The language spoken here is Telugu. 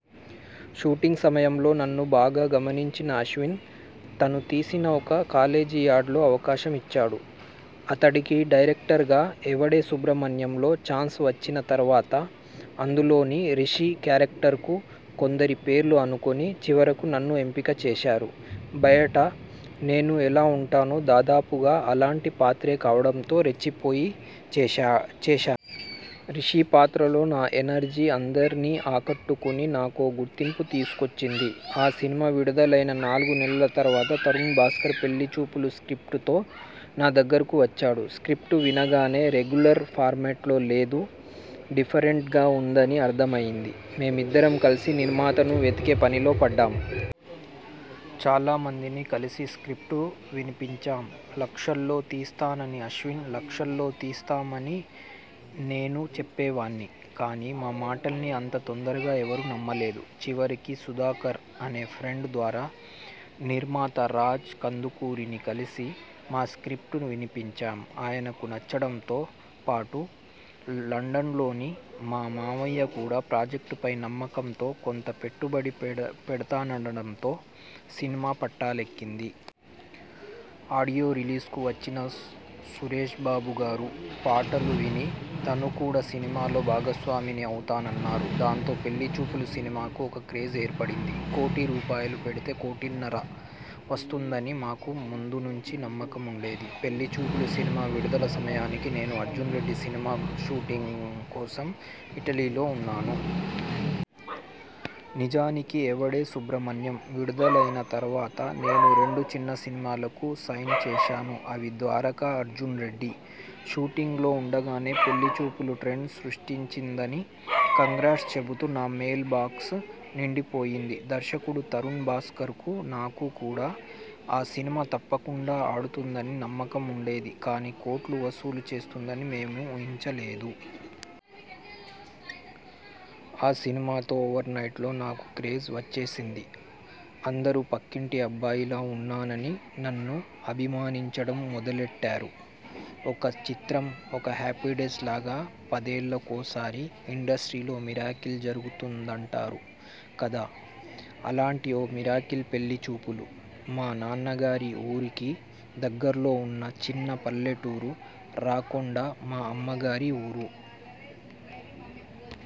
షూటింగ్ సమయంలో నన్ను బాగా గమనించిన అశ్విన్ తను తీసిన ఒక కాలేజీ యాడ్లో అవకాశం ఇచ్చాడు. అతడికి డైరెక్టర్గా 'ఎవడే సుబ్రమణ్యం'లో ఛాన్స్ వచ్చిన తర్వాత అందులోని రిషి క్యారెక్టర్కు కొందరి పేర్లు అనుకుని చివరకు నన్ను ఎంపిక చేశారు. బయట నేను ఎలా ఉంటానో దాదాపుగా అలాంటి పాత్రే కావడంతో రెచ్చిపోయి చేశాను. 'రిషి' పాత్రలో నా ఎనర్జీ అందర్నీ ఆకట్టుకుని నాకో గుర్తింపు తీసుకొచ్చింది. ఆ సినిమా విడుదలైన నాలుగు నెలల తర్వాత తరుణ్ భాస్కర్ 'పెళ్లిచూపులు' స్ర్కిప్టుతో నా దగ్గరకు వచ్చాడు. స్ర్కిప్టు వినగానే రెగ్యులర్ ఫార్మాట్లో లేదు, డిఫరెంట్గా ఉందని అర్థమయ్యింది. మేమిద్దరం కలిసి నిర్మాతను వెతికే పనిలో పడ్డాం. చాలామందిని కలిసి స్ర్కిప్టు వినిపించాం. లక్షల్లో తీస్తానని అశ్విన్, లక్షల్లో తీస్తామని నేను చెప్పేవాణ్ణి. కానీ మా మాటల్ని అంత తొందరగా ఎవరూ నమ్మలేదు. చివరికి సుధాకర్ అనే ఫ్రెండ్ ద్వారా నిర్మాత రాజ్ కందుకూరిని కలిసి మా స్ర్కిప్టు వినిపించాం. ఆయనకు నచ్చడంతో పాటు లండన్లోని మా మావయ్య కూడా ప్రాజెక్టుపై నమ్మకంతో కొంత పెట్టుబడి పెడతాననడంతో సినిమా పట్టాలెక్కింది. ఆడియో రిలీజ్కు వచ్చిన సురేష్బాబుగారు పాటలు విని తను కూడా సినిమాలో భాగస్వామిని అవుతానన్నారు. దాంతో 'పెళ్లిచూపులు' సినిమాకు ఒక క్రేజ్ ఏర్పడింది. కోటి రూపాయలు పెడితే కోటిన్నర వస్తుందని మాకు ముందు నుంచి నమ్మకం ఉండేది. 'పెళ్లిచూపులు' సినిమా విడుదల సమయానికి నేను 'అర్జున్రెడ్డి' సినిమా షూటింగ్ కోసం ఇటలీలో ఉన్నాను. నిజానికి 'ఎవడే సుబ్రమణ్యం' విడుదలైన తర్వాత నేను రెండు చిన్న సినిమాలకు సైన్ చేశాను. అవి 'ద్వారక', 'అర్జున్రెడ్డి'. షూటింగ్లో ఉండగానే 'పెళ్లిచూపులు' ట్రెండ్ సృష్టించిందని 'కంగ్రాట్స్' చెబుతూ నా మెయిల్బాక్స్ నిండిపోయింది. దర్శకుడు తరుణ్ భాస్కర్కు నాకు కూడా ఆ సినిమా తప్పకుండా ఆడుతుందని నమ్మకం ఉండేది కానీ కోట్లు వసూలు చేస్తుందని మేము ఊహించలేదు. ఆ సినిమాతో ఓవర్నైట్లో నాకు క్రేజ్ వచ్చేసింది. అందరూ పక్కింటి అబ్బాయిలా ఉన్నానని నన్ను అభిమానించడం మొదలెట్టారు. ఒక 'చిత్రం', ఒక 'హ్యాపీడేస్'లాగా పదేళ్లకోసారి ఇండస్ట్రీలో మిరాకిల్ జరుగుతుందంటారు కదా అలాంటి ఓ మిరాకిల్ 'పెళ్లిచూపులు'. మా నాన్నగారి ఊరికి దగ్గర్లో ఉన్న చిన్న పల్లెటూరు 'రాకొండ' మా అమ్మగారి ఊరు.